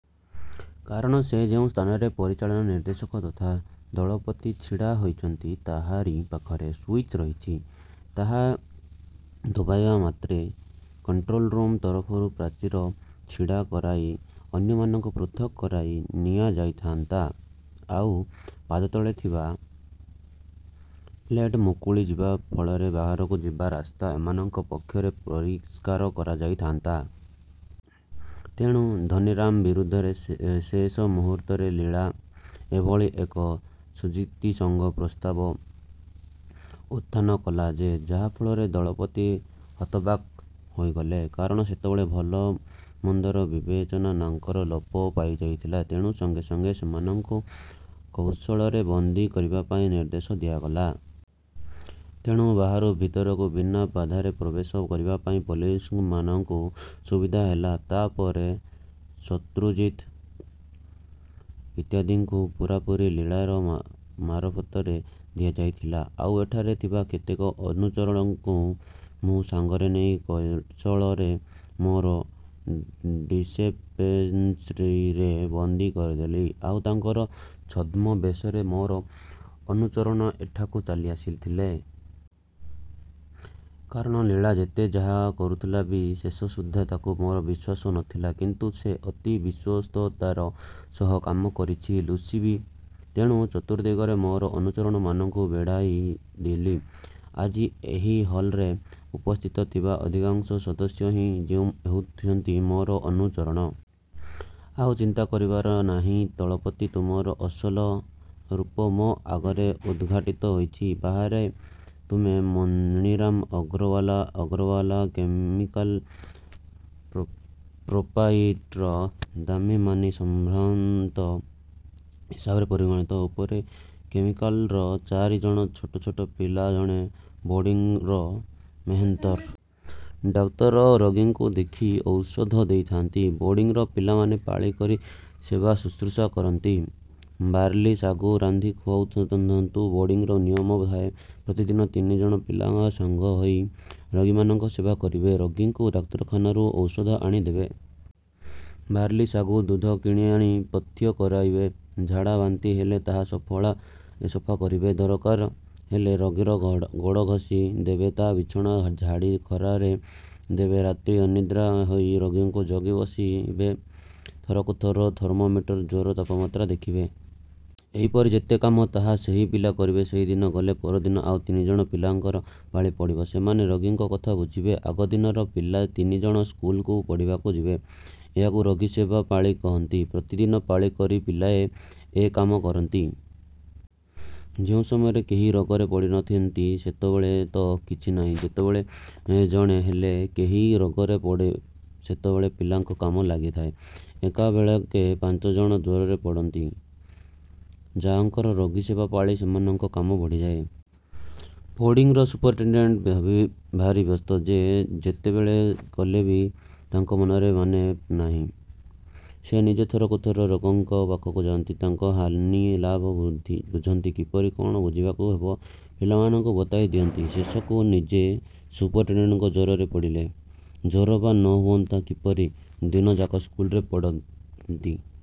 କାରଣ ସେ ଯେଉଁ ସ୍ଥାନରେ ପରିଚାଳନା ନିର୍ଦ୍ଦେଶକ ତଥା ଦଳପତି ଛିଡ଼ା ହୋଇଛନ୍ତି ତାହାରି ପାଖରେ ସୁଇଚ୍ ରହିଛି। ତାହା ଦବାଇବା ମାତ୍ରେ କଣ୍ଟ୍ରୋଲ୍ ରୁମ୍ ତରଫରୁ ପ୍ରାଚୀର ଛିଡ଼ା କରାଇ ଅନ୍ୟମାନଙ୍କୁ ପୃଥକ୍ କରାଇ ନିଆଯାଇଥାଆନ୍ତା। ଆଉ ପାଦତଳେ ଥିବା ପ୍ଲେଟ୍ ମୁକୁଳିଯିବା ଫଳରେ ବାହାରକୁ ଯିବାର ରାସ୍ତା ଏମାନଙ୍କ ପକ୍ଷରେ ପରିଷ୍କାର କରାଯାଇଥାଆନ୍ତା। ତେଣୁ ଧନୀରାମ ବିରୁଦ୍ଧରେ ଶେଷ ମୁହୂର୍ତ୍ତରେ ଲୀଳା ଏଭଳି ଏକ ଯୁକ୍ତିସଙ୍ଗତ ପ୍ରସ୍ତାବ ଉତ୍ଥାନ କଲା ଯେ ଯାହା ଫଳରେ ଦଳପତି ହତବାକ୍ ହୋଇଗଲେ। କାରଣ ସେତେବେଳେ ଭଲ ମନ୍ଦର ବିବେଚନା ତାଙ୍କର ଲୋପ ପାଇଯାଇଥିଲା। ତେଣୁ ସଙ୍ଗେ ସଙ୍ଗେ ସେମାନଙ୍କୁ କୌଶଳରେ ବନ୍ଦୀ କରିବା ପାଇଁ ନିର୍ଦ୍ଦେଶ ଦିଆଗଲା। ତେଣୁ ବାହାରୁ ଭିତରକୁ ବିନା ବାଧାରେ ପ୍ରବେଶ କରିବା ପାଇଁ ପୋଲିସମାନଙ୍କୁ ସୁବିଧା ହେଲା। ତା’ ପରେ ଶତ୍ରୁଜିତ୍ ଇତ୍ୟାଦିଙ୍କୁ ପୂରାପୂରି ଲୀଳାର ମାରଫତରେ ଦିଆଯାଇଥିଲା। ଆଉ ଏଠାରେ ଥିବା କେତେକ ଅନୁଚରଙ୍କୁ ମୁଁ ସାଙ୍ଗରେ ନେଇ କୌଶଳରେ ମୋର ଡିସପେନ୍ସରୀରେ ବନ୍ଦୀ କରିଦେଲି। ଆଉ ତାଙ୍କରି ଛଦ୍ମବେଶରେ ମୋର ଅନୁଚରଗଣ ଏଠାକୁ ଚାଲିଆସିଲେ। କାରଣ ଲୀଳା ଯେତେ ଯାହା କରୁଥିଲେ ବି ଶେଷ ସୁଦ୍ଧା ତାକୁ ମୋର ବିଶ୍ୱାସ ନ ଥିଲା। କିନ୍ତୁ ସେ ଅତି ବିଶ୍ୱସ୍ତତାର ସହ କାମ କରିଛି ଲୁସି ବି। ତେଣୁ ଚତୁର୍ଦ୍ଦିଗରେ ମୋର ଅନୁଚରମାନଙ୍କୁ ବେଢ଼ାଇ ଦେଲି। ଆଜି ଏହି ହଲ୍‌ରେ ଉପସ୍ଥିତ ଥିବା ଅଧିକାଂଶ ସଦସ୍ୟ ହିଁ ହେଉଛନ୍ତି ମୋର ଅନୁଚର। ଆଉ ଚିନ୍ତା କରିବାର ନାହିଁ ଦଳପତି। ତୁମର ଅସଲ ରୂପ ମୋ ଆଗରେ ଉଦ୍‌ଘାଟିତ ହୋଇଛି। ବାହାରେ ତୁମେ ମଣିରାମ ଅଗ୍ରୱାଲା ଅଗ୍ରୱାଲା କେମିକାଲ୍‌ର ପ୍ରୋପ୍ରାଇଟର। ଦାମୀ ମାନୀ ସମ୍ଭ୍ରାନ୍ତ ହିସାବରେ ପରିଗଣିତ। ଉପରେ କେମିକାଲ୍‌ର। ଚାରି ଜଣ ଛୋଟ ଛୋଟ ପିଲା ଜଣେ ବୋର୍ଡିଂର ମେହେନ୍ତର। ଡାକ୍ତର ରୋଗୀଙ୍କୁ ଦେଖି ଔଷଧ ଦେଉଥାଆନ୍ତି। ବୋର୍ଡିଂର ପିଲାମାନେ ପାଳି କରି ସେବା ଶୁଶ୍ରୂଷା କରନ୍ତି ବାର୍ଲି ସାଗୁ ରାନ୍ଧି ଖୁଆଉଥାଆନ୍ତି। ବୋର୍ଡିଂର ନିୟମ ଥାଏ ପ୍ରତିଦିନ ତିନି ଜଣ ପିଲା ସାଙ୍ଗ ହୋଇ ରୋଗୀମାନଙ୍କ ସେବା କରିବେ। ରୋଗୀଙ୍କୁ ଡାକ୍ତରଖାନାରୁ ଔଷଧ ଆଣି ଦେବେ। ବାର୍ଲି ସାଗୁ ଦୁଧ କିଣିଆଣି ପଥ୍ୟ କରାଇବେ। ଝାଡ଼ା ବାନ୍ତି ହେଲେ ତାହା ସଫା କରିବେ। ଦରକାର ହେଲେ ରୋଗୀର ଗୋଡ଼ ଘଷି ଦେବେ ତା’ ବିଛଣା ଝାଡ଼ି ଖରାରେ ଦେବେ ରାତି ଅନିଦ୍ରା ହୋଇ ରୋଗୀକୁ ଜଗି ବସିବେ ଥରକୁ ଥର ଥର୍ମୋମିଟରରେ ଜ୍ୱରର ତାପ ଦେଖିବେ। ଏହିପରି ଯେତେ କାମ ତାହା ସେହି ପିଲାଏ କରିବେ। ସେଦିନ ଗଲେ ପରଦିନ ଆଉ ତିନି ଜଣ ପିଲାଙ୍କର ପାଳି ପଡ଼ିବ। ସେମାନେ ରୋଗୀଙ୍କ କଥା ବୁଝିବେ ଆଗ ଦିନର ପିଲା ତିନି ଜଣ ସ୍କୁଲକୁ ପଢ଼ିବାକୁ ଯିବେ। ଏହାକୁ ରୋଗୀସେବା ପାଳି କହନ୍ତି। ପ୍ରତିଦିନ ପାଳି କରି ପିଲାଏ ଏ କାମ କରନ୍ତି। ଯେଉଁ ସମୟରେ କେହି ରୋଗରେ ପଡ଼ି ନ ଥାନ୍ତି ସେତେବେଳେ ତ କିଛି ନାହିଁ। ଯେତେବେଳେ ଜଣେ ହେଲେ କେହି ରୋଗରେ ପଡ଼େ ସେତେବେଳେ ପିଲାଙ୍କ କାମ ଲାଗି ରହିଥାଏ। ଏକାବେଳକେ ପାଞ୍ଚ ଜଣ ଜ୍ୱରରେ ପଡ଼ିଛନ୍ତି। ଯାହାଙ୍କର ରୋଗୀସେବା ପାଳି ସେମାନଙ୍କ କାମ ବଢ଼ିଯାଇଛି। ବୋର୍ଡିଂର ସୁପରିଣ୍ଟେଣ୍ଡେଣ୍ଟ ଭାରି ବ୍ୟସ୍ତ। ଯେ ଯେତେ ସେବା କଲେ ବି ତାଙ୍କ ମନ ମାନେ ନାହିଁ। ସେ ନିଜେ ଥରକୁ ଥର ରୋଗୀଙ୍କ ପାଖକୁ ଯାଆନ୍ତି। ତାଙ୍କ ହାନିଲାଭ ବୁଝନ୍ତି। କିପରି କ’ଣ କରିବାକୁ ହେବ ପିଲାଙ୍କୁ ବତାଇ ଦିଅନ୍ତି। ଶେଷକୁ ନିଜେ ସୁପରିଣ୍ଟେଣ୍ଡେଣ୍ଟ ଜ୍ୱରରେ ପଡ଼ିଲେ। ଜ୍ୱର ବା ନ ହୁଅନ୍ତା କିପରି? ଦିନଯାକ ସ୍କୁଲରେ ପଢ଼ାନ୍ତି।